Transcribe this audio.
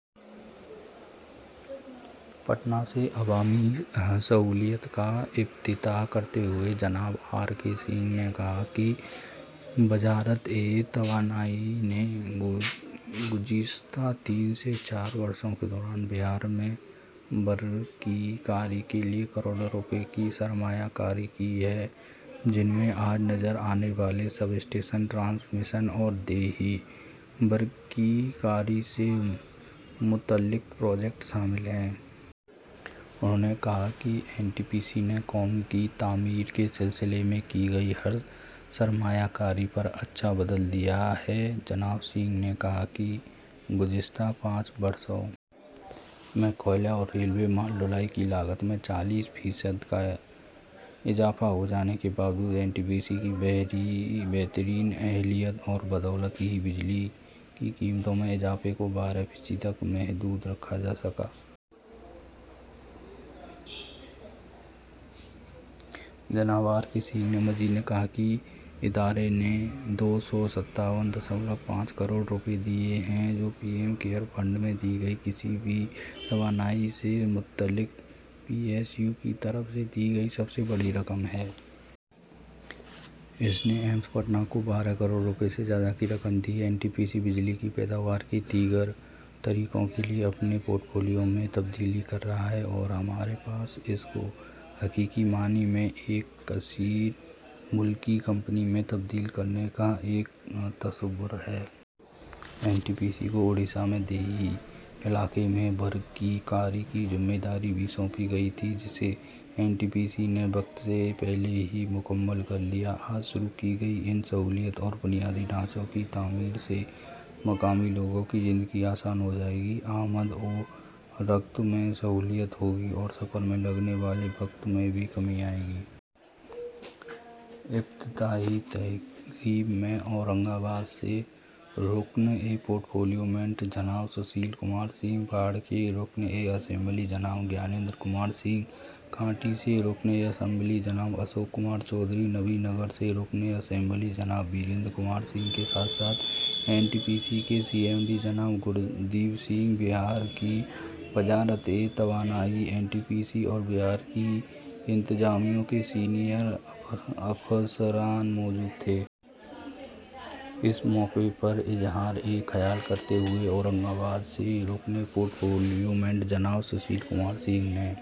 پٹنہ سے عوامی سہولتوں کا افتتاح کرتے ہوئے جناب آر کے سنگھ نے کہا کہ وزارت توانائی نے گزشتہ تین سے چار برسوں کے دوران بہار میں برق کاری کے لیے کروڑوں روپے کی سرمایہ کاری کی ہے، جن میں آج نظر آنے والے سب اسٹیشن، ٹرانسمیشن اور دیہی برق کاری سے متعلق پروجیکٹ شامل ہیں۔ انھوں نے کہا کہ این ٹی پی سی نے قوم کی تعمیر کے سلسلے میں کی گئی ہر سرمایہ کاری پر اچھا بدل دیا ہے۔ جناب سنگھ نے کہا کہ گزشتہ پانچ برسوں میں کوئلہ اور ریلوے مال ڈھلائی کی لاگت میں چالیس فیصد کا اضافہ ہو جانے کے باوجود این ٹی پی سی کی بہترین اہلیت کی بدولت ہی بجلی کی قیمتوں میں اضافے کو بارہ فیصد تک محدود رکھا جا سکا ہے۔ جناب آر کے سنگھ نے مزید کہا کہ ادارے نے دو سو ستاون اعشاریہ پانچ کروڑ روپے دیے ہیں، جو پی ایم کیئرس فنڈ میں دی گئی کسی بھی توانائی سے متعلق پی ایس یو کی طرف سے دی گئی سب سے بڑی رقم ہے۔ اس نے ایمس پٹنہ کو بارہ کروڑ روپے سے زیادہ کی رقم دی ہے۔ این ٹی پی سی بجلی کی پیداوار کے دیگر طریقوں کے لیے اپنے پورٹ فولیو میں تبدیلی کر رہا ہے اور ہمارے پاس اس کو حقیقی معنی میں ایک کثیر ملکی کمپنی میں تبدیل کرنے کا ایک تصور ہے۔ این ٹی پی سی کو اڈیشہ میں دیہی علاقوں میں برق کاری کی ذمہ داری بھی سونپی گئی تھی، جسے این ٹی پی سی نے وقت سے پہلے ہی مکمل کر لیا۔ آج شروع کی گئی ان سہولتوں اور بنیادی ڈھانچے کی تعمیر سے مقامی لوگوں کی زندگی آسان ہو جائے گی، آمد و رفت میں سہولت ہوگی اور سفر میں لگنے والے وقت میں بھی کمی آئے گی۔ افتتاحی تقریب میں اورنگ آباد سے رکن پارلیمنٹ جناب سشیل کمار سنگھ، باڑھ کے رکن اسمبلی جناب گیانیندر کمار سنگھ، کانٹی سے رکن اسمبلی جناب اشوک کمار چودھری، نبی نگر سے رکن اسمبلی جناب وریندر کمار سنگھ کے ساتھ ساتھ این ٹی پی سی کے سی ایم ڈی جناب گردیپ سنگھ، بہار کی وزارت توانائی، این ٹی پی سی اور بہار کی انتظامیہ کے سینئر افسران موجود تھے۔ اس موقع پر اظہار خیال کرتے ہوئے اورنگ آباد سے رکن پارلیمنٹ جناب سشیل کمار سنگھ نے